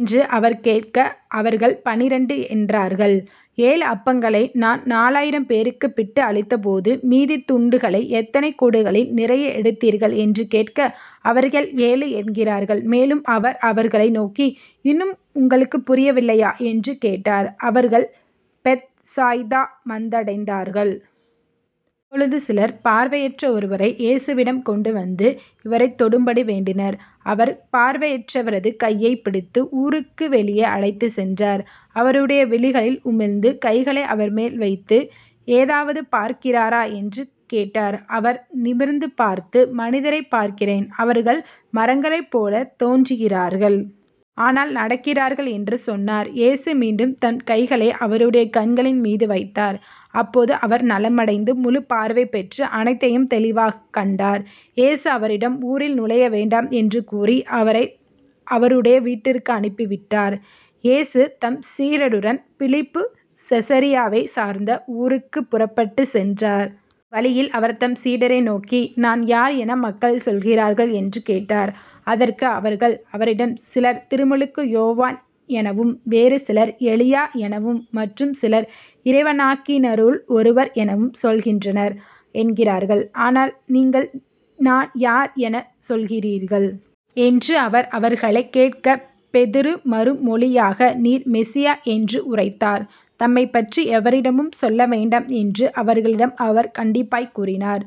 என்று அவர் கேட்க அவர்கள்பன்னிரண்டு என்றார்கள். ஏழு அப்பங்களை நான் நாலாயிரம் பேருக்குப் பிட்டு அளித்தபோது மீதித் துண்டுகளை எத்தனை கூடைகள் நிறைய எடுத்தீர்கள்? என்று கேட்க அவர்கள் ஏழு என்கிறார்கள். மேலும் அவர் அவர்களை நோக்கி இன்னும் உங்களுக்குப் புரியவில்லையா? என்று கேட்டார். அவர்கள் பெத்சாய்தா வந்தடைந்தார்கள். அப்பொழுது சிலர் பார்வையற்ற ஒருவரை இயேசுவிடம் கொண்டுவந்து அவரைத் தொடும்படி வேண்டினர். அவர் பார்வையற்றவரது கையைப் பிடித்து ஊருக்கு வெளியே அழைத்துச் சென்றார். அவருடைய விழிகளில் உமிழ்ந்து கைகளை அவர்மேல் வைத்து ஏதாவது பார்க்கிறீரா? என்று கேட்டார். அவர் நிமிர்ந்து பார்த்து மனிதரைப் பார்க்கிறேன். அவர்கள் மரங்களைப் போலத் தோன்றுகிறார்கள். ஆனால் நடக்கிறார்கள் என்று சொன்னார். இயேசு மீண்டும் தம் கைகளை அவருடைய கண்களின்மீது வைத்தார். அப்போது அவர் நலமடைந்து முழுப் பார்வை பெற்று அனைத்தையும் தெளிவாகக் கண்டார். இயேசு அவரிடம் ஊரில் நுழைய வேண்டாம் என்று கூறி அவரை அவருடைய வீட்டிற்கு அனுப்பிவிட்டார். இயேசு தம் சீடருடன் பிலிப்புச் செசரியாவைச் சார்ந்த ஊர்களுக்குப் புறப்பட்டுச் சென்றார். வழியில் அவர் தம் சீடரை நோக்கி நான் யார் என மக்கள் சொல்கிறார்கள்? என்று கேட்டார். அதற்கு அவர்கள் அவரிடம் சிலர் திருமுழுக்கு யோவான் எனவும் வேறு சிலர் எலியா எனவும் மற்றும் சிலர் இறைவாக்கினருள் ஒருவர் எனவும் சொல்கின்றனர் என்கிறார்கள். ஆனால் நீங்கள் நான் யார் எனச் சொல்கிறீர்கள்? என்று அவர் அவர்களைக் கேட்க பேதுரு மறுமொழியாக நீர் மெசியா என்று உரைத்தார். தம்மைப்பற்றி எவரிடமும் சொல்ல வேண்டாம் என்று அவர்களிடம் அவர் கண்டிப்பாய்க் கூறினார்.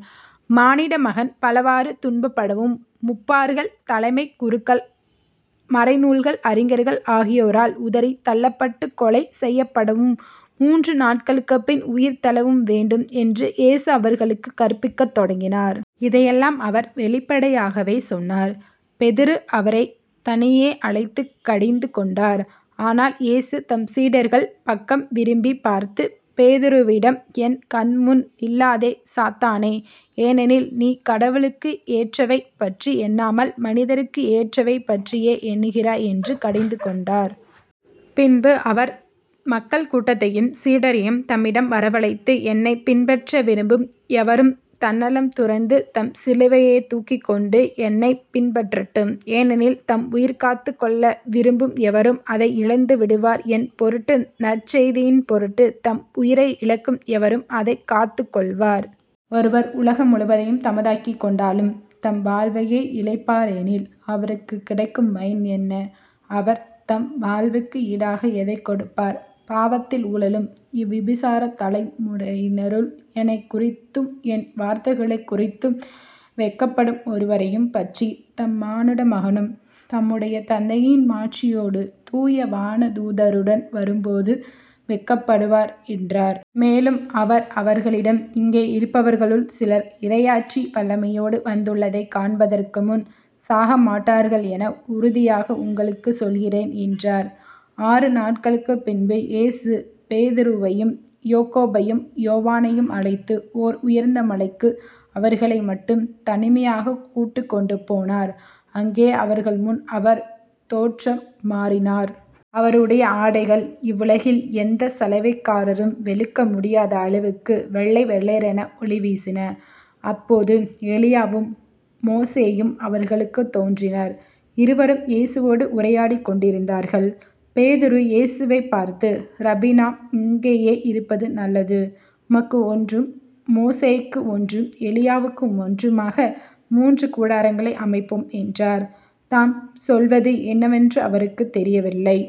மானிடமகன் பலவாறு துன்பப்படவும் முப்பார்கள் தலைமைக் குருக்கள மறைநூல் அறிஞர்கள் ஆகியோரால் உதறித் தள்ளப்பட்டுக் கொலை செய்யப்படவும் முன்று நாட்களுக்குப்பின் உயிர்த்தெழவும் வேண்டும் என்று இயேசு அவர்களுக்குக் கற்பிக்கத் தொடங்கினார். இதையெல்லாம் அவர் வெளிப்படையாகவே சொன்னார். பேதுரு அவரைத் தனியே அழைத்துக் கடிந்து கொண்டார். ஆனால் இயேசு தம் சீடர்கள் பக்கம் திரும்பிப் பார்த்து பேதுருவிடம் என் கண் முன் நில்லாதே சாத்தானே. ஏனெனில் நீ கடவுளுக்கு ஏற்றவை பற்றி எண்ணாமல் மனிதருக்கு ஏற்றவை பற்றியே எண்ணுகிறாய் என்று கடிந்துகொண்டார். பின்பு அவர் மக்கள் கூட்டத்தையும் சீடரையும் தம்மிடம் வரவழைத்து என்னைப் பின்பற்ற விரும்பும் எவரும் தன்னலம் துறந்து தம் சிலுவையைத் தூக்கிக்கொண்டு என்னைப் பின்பற்றட்டும். ஏனெனில் தம் உயிர் காத்துக்கொள்ள விரும்பும் எவரும் அதை இழந்து விடுவார் என் பொருட்டு நற்செய்தியின் பொருட்டு தம் உயிரை இழக்கும் எவரும் அதைக் காத்துக் கொள்வார். ஒருவர் உலகம் முழுவதையும் தமதாக்கிக் கொண்டாலும் தம் வாழ்வையே இழப்பாரெனில் அவருக்குக் கிடைக்கும் பயன் என்ன? அவர் தம் வாழ்வுக்கு ஈடாக எதைக் கொடுப்பார்? பாவத்தில் உழலும் இவ்விபசாரத் தலைமுறையினருள் என்னைக் குறித்தும் என் வார்த்தைகளைக் குறித்தும் வெட்கப்படும் ஒவ்வொருவரையும் பற்றி மானிட மகனும் தம்முடைய தந்தையின் மாட்சியோடு தூய வானதூதருடன் வரும்போது வெட்கப்படுவார் என்றார். மேலும் அவர் அவர்களிடம் இங்கே இருப்பவர்களுள் சிலர் இறையாட்சி வல்லமையோடு வந்துள்ளதைக் காண்பதற்குமுன் சாகமாட்டார்கள் என உறுதியாக உங்களுக்குச் சொல்கிறேன் என்றார். ஆறு நாள்களுக்குப் பின்பு இயேசு பேதுருவையும் யோக்கோபையும் யோவானையும் அழைத்து ஓர் உயர்ந்த மலைக்கு அவர்களைமட்டும் தனிமையாகக் கூட்டிக்கொண்டு போனார். அங்கே அவர்கள்முன் அவர் தோற்றம் மாறினார். அவருடைய ஆடைகள் இவ்வுலகில் எந்த சலவைக்காரரும் வெளுக்க முடியாத அளவுக்கு வெள்ளை வெளேரென ஒளிவீசின. அப்போது எலியாவும் மோசேயும் அவர்களுக்குத் தோன்றினர். இருவரும் இயேசுவோடு உரையாடிக் கொண்டிருந்தார்கள். பேதுரு இயேசுவைப் பார்த்து ரபி நாம் இங்கேயே இருப்பது நல்லது. உமக்கு ஒன்றும் மோசேக்கு ஒன்றும் எலியாவுக்கு ஒன்றுமாக முன்று கூடாரங்களை அமைப்போம் என்றார். தாம் சொல்வது என்னவென்று அவருக்குத் தெரியவில்லை.